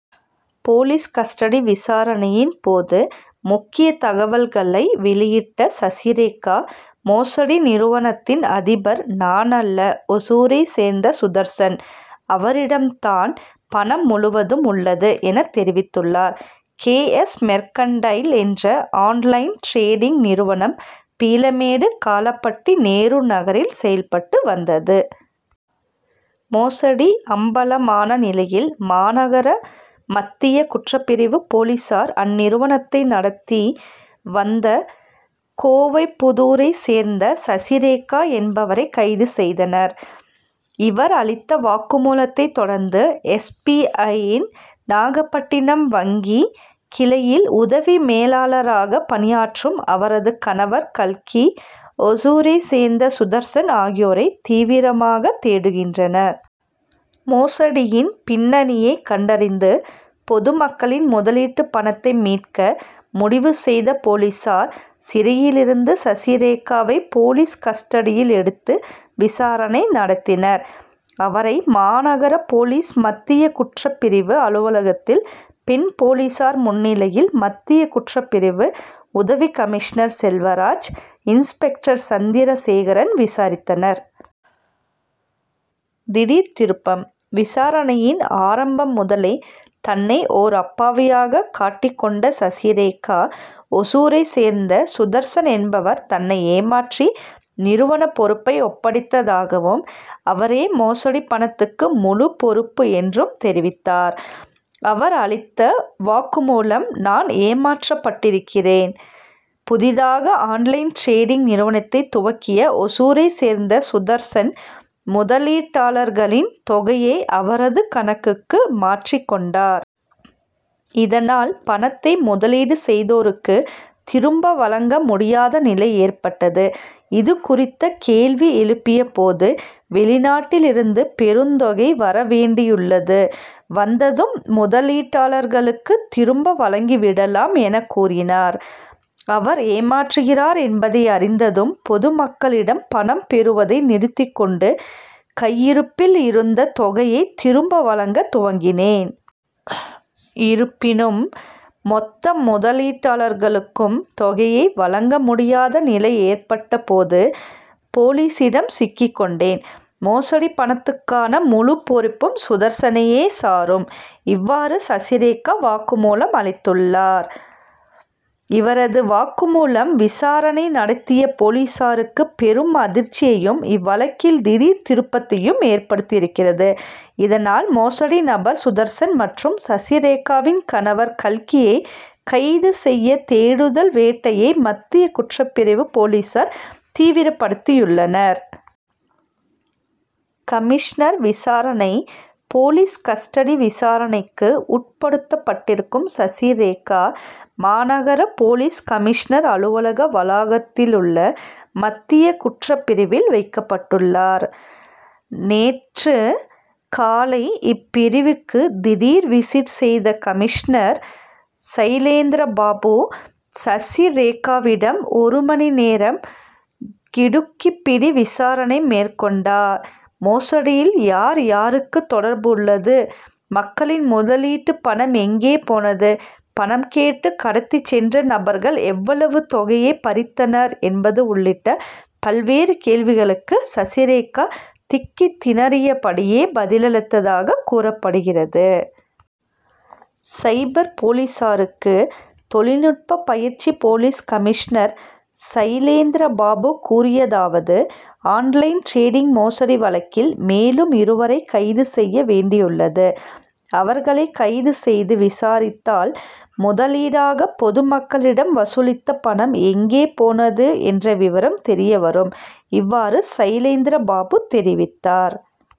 Police custody விசாரணையின் போது முக்கிய தகவல்களை வெளியிட்ட சசிரேகா மோசடி நிறுவனத்தின் அதிபர் நானல்ல ஓசூரைச் சேர்ந்த சுதர்சன். அவரிடம் தான் பணம் முழுவதும் உள்ளது என தெரிவித்துள்ளார். கே. எஸ். மெர்கன்டைல் என்ற ஆன்-லைன் டிரேடிங் நிறுவனம் பீளமேடு காளப்பட்டி நேரு நகரில் செயல்பட்டு வந்தது. மோசடி அம்பலமான நிலையில் மாநகர மத்திய குற்றப்பிரிவு போலீசார் அந்நிறுவனத்தை நடத்தி வந்த கோவைப்புதூரைச் சேர்ந்த சசிரேகா என்பவரை கைது செய்தனர். இவர் அளித்த வாக்குமூலத்தை தொடர்ந்து எஸ். பி. ஐ.யின் நாகபட்டினம் வங்கி கிளையில் உதவி மேலாளராக பணியாற்றும் அவரது கணவர் கல்கி ஓசூரைச் சேர்ந்த சுதர்சன் ஆகியோரை தீவிரமாக தேடுகின்றனர். மோசடியின் பின்னணியை கண்டறிந்து பொதுமக்களின் முதலீட்டு பணத்தை மீட்க முடிவு செய்த போலீசார் சிறையிலிருந்த சசிரேகாவை போலீஸ் கஸ்டடியில் எடுத்து விசாரணை நடத்தினர். அவரை மாநகர போலீஸ் மத்திய குற்றப்பிரிவு அலுவலகத்தில் பெண் போலீசார் முன்னிலையில் மத்திய குற்றப்பிரிவு உதவிக்கமிஷனர் செல்வராஜ் இன்ஸ்பெக்டர் சந்திரசேகரன் விசாரித்தனர். திடீர் திருப்பம் விசாரணையின் ஆரம்பம் முதலே தன்னை ஓர் அப்பாவியாக காட்டிக் கொண்ட சசிரேகா ஓசூரைச் சேர்ந்த சுதர்சன் என்பவர் தன்னை ஏமாற்றி நிறுவன பொறுப்பை ஒப்படைத்ததாகவும் அவரே மோசடி பணத்துக்கு முழுப் பொறுப்பு என்றும் தெரிவித்தார். அவர் அளித்த வாக்குமூலம் நான் ஏமாற்றப்பட்டிருக்கிறேன். புதிதாக ஆன்-லைன் டிரேடிங் நிறுவனத்தை துவக்கிய ஒசூரைச் சேர்ந்த சுதர்சன் முதலீட்டாளர்களின் தொகையை அவரது கணக்குக்கு மாற்றிக் கொண்டார். இதனால் பணத்தை முதலீடு செய்தோருக்கு திரும்ப வழங்க முடியாத நிலை ஏற்பட்டது. இது குறித்து கேள்வி எழுப்பியபோது வெளிநாட்டில் இருந்து பெருந்தொகை வரவேண்டியுள்ளது வந்ததும் முதலீட்டாளர்களுக்கு திரும்ப வழங்கி விடலாம் எனக் கூறினார். அவர் ஏமாற்றுகிறார் என்பதை அறிந்ததும் பொதுமக்களிடம் பணம் பெறுவதை நிறுத்திக்கொண்டு கையிருப்பில் இருந்த தொகையை திரும்ப வழங்க துவங்கினேன். இருப்பினும் மொத்த முதலீட்டாளர்களுக்கும் தொகை வழங்க முடியாத நிலை ஏற்பட்ட போது போலீசிடம் சிக்கிக்கொண்டேன். மோசடி பணத்துக்கான முழு பொறுப்பும் சுதர்சனையே சாரும். இவ்வாறு சசிரேகா வாக்குமூலம் அளித்துள்ளார். இவரது வாக்குமூலம் விசாரணை நடத்திய போலீசாருக்கு பெரும் அதிர்ச்சியையும் இவ்வழக்கில் திடீர் திருப்பத்தையும் ஏற்படுத்தியிருக்கிறது. இதனால் மோசடி நபர் சுதர்சன் மற்றும் சசிரேகாவின் கணவர் கல்கியை கைது செய்ய தேடுதல் வேட்டையை மத்திய குற்றப்பிரிவு போலீசார் தீவிரப்படுத்தியுள்ளனர். கமிஷனர் விசாரணை போலீஸ் கஸ்டடி விசாரணைக்கு உட்படுத்தப் பட்டிருக்கும் சசிரேகா மாநகர போலீஸ் கமிஷனர் அலுவலக வளாகத்திலுள்ள மத்திய குற்றப்பிரிவில் வைக்கப்பட்டுள்ளார். நேற்று காலை இப்பிரிவுக்கு திடீர் விசிட் செய்த கமிஷனர் சைலேந்திரபாபு சசிரேகாவிடம் ஒரு மணி நேரம் கிடுக்கிப்பிடி விசாரணை மேற்கொண்டார். மோசடியில் யார் யாருக்கு தொடர்பு உள்ளது மக்களின் முதலீட்டு பணம் எங்கே போனது பணம் கேட்டு கடத்திச்சென்ற நபர்கள் எவ்வளவு தொகையை பறித்தனர் என்பது உள்ளிட்ட பல்வேறு கேள்விகளுக்கும் சசிரேகா திக்கித் திணறியபடியே பதிலளித்தாக கூறப்படுகிறது. சைபர் போலீசாருக்கு தொழில்நுட்ப பயிற்சி போலீஸ் கமிஷனர் சைலேந்திரபாபு கூறியதாவது ஆன்-லைன் டிரேடிங் மோசடி வழக்கில் மேலும் இருவரை கைது செய்ய வேண்டியுள்ளது. அவர்களை கைது செய்து விசாரித்தால் முதலீடாக பொதுமக்களிடம் வசூலித்த பணம் எங்கே போனது என்ற விவரம் தெரியவரும். இவ்வாறு சைலேந்திரபாபு தெரிவித்தார்.